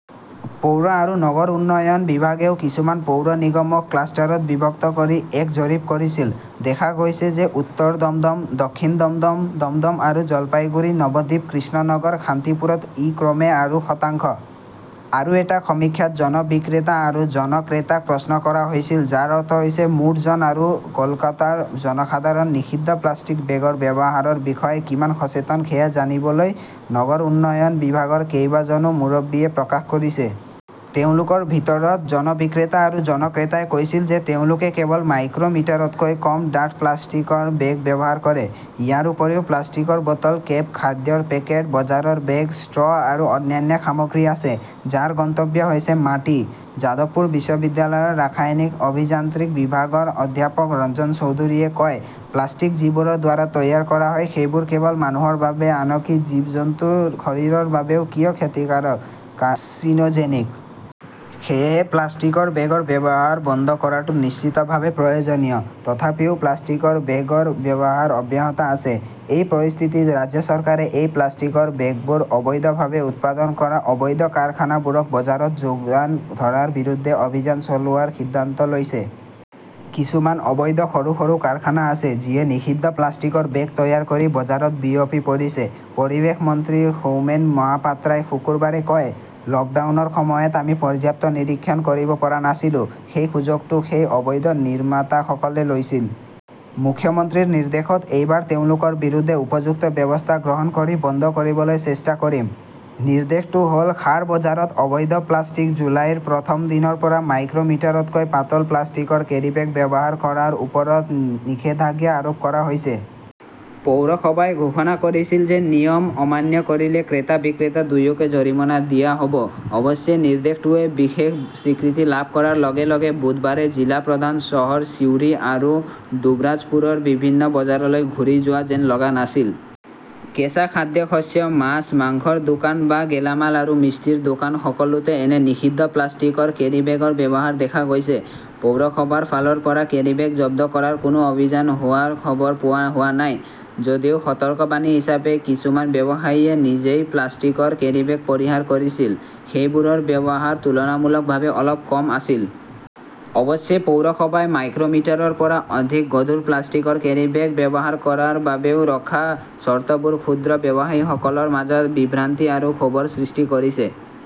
পৌৰ আৰু নগৰ উন্নয়ন বিভাগেও কিছুমান পৌৰ নিগমক ক্লাষ্টাৰত বিভক্ত কৰি এক জৰীপ কৰিছিল। দেখা গৈছে যে উত্তৰ দমদম, দক্ষিণ দমদম, দমদম আৰু জলপাইগুৰি, নৱদ্বীপ, কৃষ্ণনগৰ, শান্তিপুৰত ই ক্ৰমে আৰু শতাংশ। আৰু এটা সমীক্ষাত জন বিক্ৰেতা আৰু জন ক্ৰেতাক প্ৰশ্ন কৰা হৈছিল, যাৰ অৰ্থ হৈছে মুঠ জন, আৰু কলকাতাৰ জনসাধাৰণ নিষিদ্ধ প্লাষ্টিক বেগৰ ব্যৱহাৰৰ বিষয়ে কিমান সচেতন সেয়া জানিবলৈ নগৰ উন্নয়ন বিভাগৰ কেইবাজনো মুৰব্বীয়ে প্ৰকাশ কৰিছে। তেওঁলোকৰ ভিতৰত জন বিক্ৰেতা আৰু জন ক্ৰেতাই কৈছিল যে তেওঁলোকে কেৱল মাইক্ৰ মিটাৰতকৈ কম ডাঠ প্লাষ্টিকৰ বেগ ব্যৱহাৰ কৰে। ইয়াৰ উপৰিও প্লাষ্টিকৰ বটল, কেপ, খাদ্যৰ পেকেট, বজাৰৰ বেগ, ষ্ট্ৰ 'আৰু অন্যান্য সামগ্ৰী আছে, যাৰ গন্তব্য হৈছে মাটি, যাদৱপুৰ বিশ্ববিদ্যালয়ৰ ৰাসায়নিক অভিযান্ত্ৰিক বিভাগৰ অধ্যাপক ৰঞ্জন চৌধুৰীয়ে কয়, প্লাষ্টিক যিবোৰৰ দ্বাৰা তৈয়াৰ কৰা হয় সেইবোৰ কেৱল মানুহৰ বাবে, আনকি জীৱ-জন্তুৰ শৰীৰৰ বাবেও কিয় ক্ষতিকাৰক, কাৰ্চিনোজেনিক। সেয়েহে প্লাষ্টিকৰ বেগৰ ব্যৱহাৰ বন্ধ কৰাটো নিশ্চিতভাৱে প্ৰয়োজনীয়। তথাপিও প্লাষ্টিকৰ বেগৰ ব্যৱহাৰ অব্যাহত আছে। এই পৰিস্থিতিত ৰাজ্য চৰকাৰে এই প্লাষ্টিকৰ বেগবোৰ অবৈধভাৱে উৎপাদন কৰা অবৈধ কাৰখানাবোৰক বজাৰত যোগান ধৰাৰ বিৰুদ্ধে অভিযান চলোৱাৰ সিদ্ধান্ত লৈছে। কিছুমান অবৈধ সৰু-সৰু কাৰখানা আছে, যিয়ে নিষিদ্ধ প্লাষ্টিকৰ বেগ তৈয়াৰ কৰি বজাৰত বিয়পি পৰিছে, পৰিৱেশ মন্ত্ৰী সৌমেন মহাপাত্ৰাই শুকুৰবাৰে কয়। লকডাউনৰ সময়ত আমি পৰ্যাপ্ত নিৰীক্ষণ কৰিব পৰা নাছিলো। সেই সুযোগটো সেই অবৈধ নিৰ্মাতাসকলে লৈছিল। মুখ্যমন্ত্ৰীৰ নিৰ্দেশত এইবাৰ তেওঁলোকৰ বিৰুদ্ধে উপযুক্ত ব্যৱস্থা গ্ৰহণ কৰি বন্ধ কৰিবলৈ চেষ্টা কৰিম। "। নিৰ্দেশটো হ "ল সাৰ, বজাৰত অবৈধ প্লাষ্টিক জুলাইৰ প্ৰথম দিনৰ পৰা মাইক্ৰ মিটাৰতকৈ পাতল প্লাষ্টিকৰ কেৰীবেগ ব্যৱহাৰ কৰাৰ ওপৰত নিষেধাজ্ঞা আৰোপ কৰা হৈছে। পৌৰসভাই ঘোষণা কৰিছিল যে নিয়ম অমান্য কৰিলে ক্ৰেতা-বিক্ৰেতা দুয়োকে জৰিমনা দিয়া হ 'ব। অৱশ্যে, নিৰ্দেশটোৱে বিশেষ স্বীকৃতি লাভ কৰাৰ লগে-লগে বুধবাৰে জিলা প্ৰধান চহৰ ছিউৰি আৰু ডুব্ৰাজপুৰৰ বিভিন্ন বজাৰলৈ ঘূৰি যোৱা যেন লগা নাছিল। কেঁচা খাদ্যশস্য, মাছ, মাংসৰ দোকান বা গেলামাল আৰু মিষ্টিৰ দোকান-সকলোতে এনে 'নিষিদ্ধ প্লাষ্টিকৰ কেৰিব্যাগৰ ব্যৱহাৰ দেখা গৈছে। পৌৰসভাৰ ফালৰ পৰা কেৰীবেগ জব্দ কৰাৰ কোনো অভিযান হোৱাৰ খবৰ পোৱা হোৱা নাই। যদিও সতৰ্কবাণী হিচাপে কিছুমান ব্যৱসায়ীয়ে নিজেই প্লাষ্টিকৰ কেৰীবেগ পৰিহাৰ কৰিছিল, সেইবোৰৰ ব্যৱহাৰ তুলনামূলকভাৱে অলপ কম আছিল। অৱশ্যে, পৌৰসভাই মাইক্ৰ মিটাৰৰ পৰা অধিক গধুৰ প্লাষ্টিকৰ কেৰীবেগ ব্যৱহাৰ কৰাৰ বাবেও ৰখা চৰ্তবোৰে ক্ষুদ্ৰ ব্যৱসায়ীসকলৰ মাজত বিভ্ৰান্তি আৰু ক্ষোভৰ সৃষ্টি কৰিছে।